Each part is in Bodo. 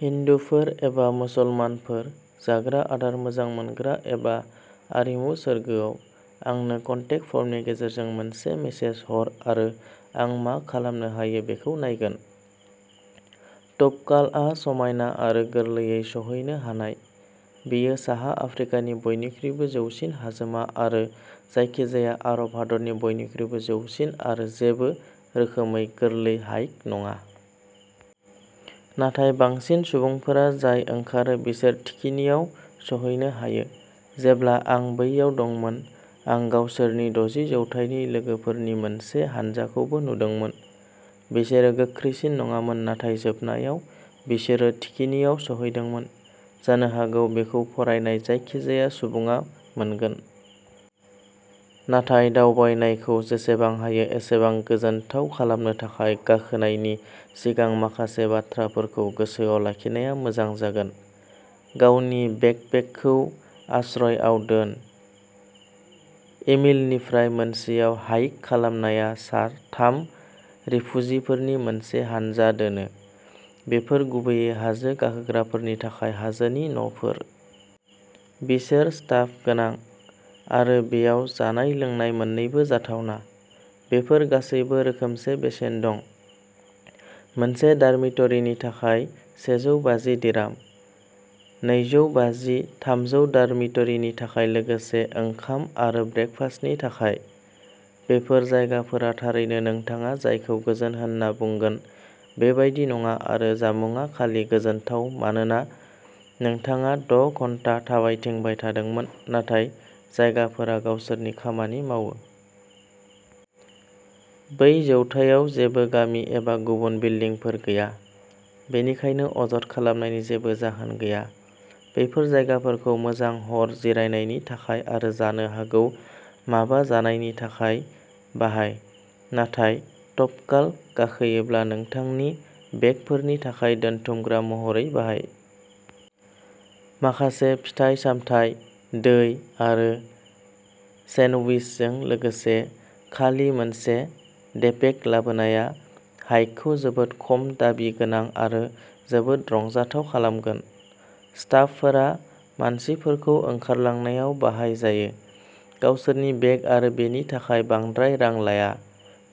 हिन्दुफोर एबा मुसलमानफोर, जाग्रा आदार मोजां मोनग्रा एबा आरिमु सोरगोआव? आंनो कन्टेक फर्मनि गेजेरजों मोनसे मेसेज हर आरो आं मा खालामनो हायो बेखौ नायगोन। तौबकालआ समायना आरो गोरलैयै सौहैनो हानाय। बेयो साहा आफ्रिकानि बयनिख्रुइबो जौसिन हाजोमा आरो जायखिजाया आरब हादोरनि बयनिख्रुइबो जौसिन आरो जेबो रोखोमै गोरलै हाइक नङा। नाथाय बांसिन सुबुंफोरा जाय ओंखारो बिसोर थिखिनियाव सौहैनो हायो। जेब्ला आं बैयाव दंमोन, आं गावसोरनि दजि जौथायनि लोगोफोरनि मोनसे हानजाखौबो नुदोंमोन। बिसोर गोख्रैसिन नङामोन, नाथाय जोबनायाव बिसोरो थिखिनियाव सौहैदोंमोन। जानो हागौ बेखौ फरायनाय जायखिजाया सुबुङा मोनगोन। नाथाय दावबायनायखौ जेसेबां हायो एसेबां गोजोनथाव खालामनो थाखाय गाखोनायनि सिगां माखासे बाथ्राफोरखौ गोसोआव लाखिनाया मोजां जागोन। गावनि बेकपेकखौ आश्रयआव दोन। इमिलनिफ्राय सानसेआव हाइक खालामनाया सा थाम रिफुजिफोरनि मोनसे हानजा दोनो। बेफोर गुबैयै हाजो गाखोग्राफोरनि थाखाय हाजोनि न'फोर। बिसोर स्टाफ गोनां। आरो बेयाव जानाय-लोंनाय मोननैबो जाथावना। बेफोर गासैबो रोखोमसे बेसेन दं। मोनसे डर्मिटरिनि थाखाय सेजौ बाजि दिराम। नैजौ बाजि-थामजौ डर्मिटरिनि थाखाय लोगोसे ओंखाम आरो ब्रेकफास्टनि थाखाय। बेफोर जायगाफोरा थारैनो नोंथाङा जायखौ गोजोन होनना बुंगोन बेबादि नङा आरो जामुंआ खालि गोजोनथाव मानोना नोंथाङा द' घन्टा थाबायथिंबाय थादोंमोन, नाथाय जायगाफोरा गावसोरनि खामानि मावो। बै जौथायाव जेबो गामि एबा गुबुन बिल्डिंफोर गैया, बेनिखायनो अजद खालामनायनि जेबो जाहोन गैया। बेफोर जायगाफोरखौ मोजां हर जिरायनायनि थाखाय आरो जानो हागौ माबा जानायनि थाखाय बाहाय, नाथाय तौबकाल गाखोयोब्ला नोंथांनि बेगफोरनि थाखाय दोनथुमग्रा महरैबो बाहाय। माखासे फिथाइ-सामथाइ, दै आरो सेन्डविचजों लोगोसे खालि मोनसे डेपेक लाबोनाया हाइकखौ जोबोद खम दाबि गोनां आरो जोबोद रंजाथाव खालामगोन। स्टाफफोरा मानसिफोरखौ ओंखारलांनायाव बाहायजायो। गावसोरनि बेग आरो बेनि थाखाय बांद्राय रां लाया।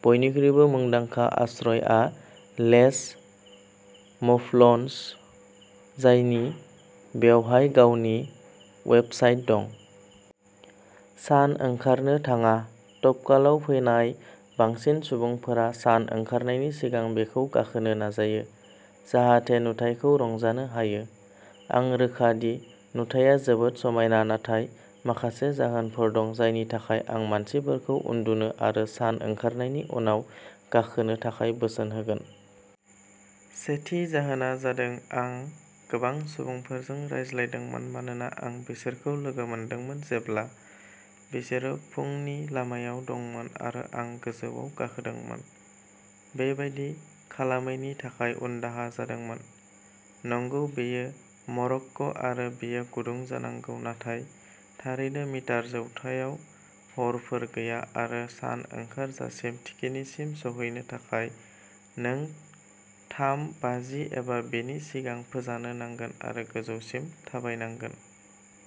बयनिख्रुइबो मुंदांखा आश्रयआ लेस मौफ्लन्स, जायनि बेवहाय गावनि वेबसाइट दं। सान ओंखारनो थाङा। तौबकालाव फैनाय बांसिन सुबुंफोरा सान ओंखारनायनि सिगां बेखौ गाखोनो नाजायो, जाहाथे नुथायखौ रंजानो हायो। आं रोखा दि नुथाया जोबोद समायना, नाथाय माखासे जाहोनफोर दं जायनि थाखाय आं मानसिफोरखौ उन्दुनो आरो सान ओंखारनायनि उनाव गाखोनो थाखाय बोसोन होगोन। सेथि जाहोना जादों आं गोबां सुबुंफोरजों रायज्लायदोंमोन मानोना आं बिसोरखौ लोगो मोनदोंमोन जेब्ला बिसोरो फुंनि लामायाव दंमोन आरो आं गोजौआव गाखोदोंमोन, बेबादि खालामैनि थाखाय उनदाहा जादोंमोन। नंगौ, बेयो मरक्क'आरो बेयो गुदुं जानांगौ, नाथाय थारैनो मिटार जौथायाव हरफोर गैया आरो सान ओंखारजासिम थिखिनिसिम सौहैनो थाखाय नों थाम बाजि एबा बिनि सिगां फोजानो नांगोन आरो गोजौसिम थाबायनांगोन।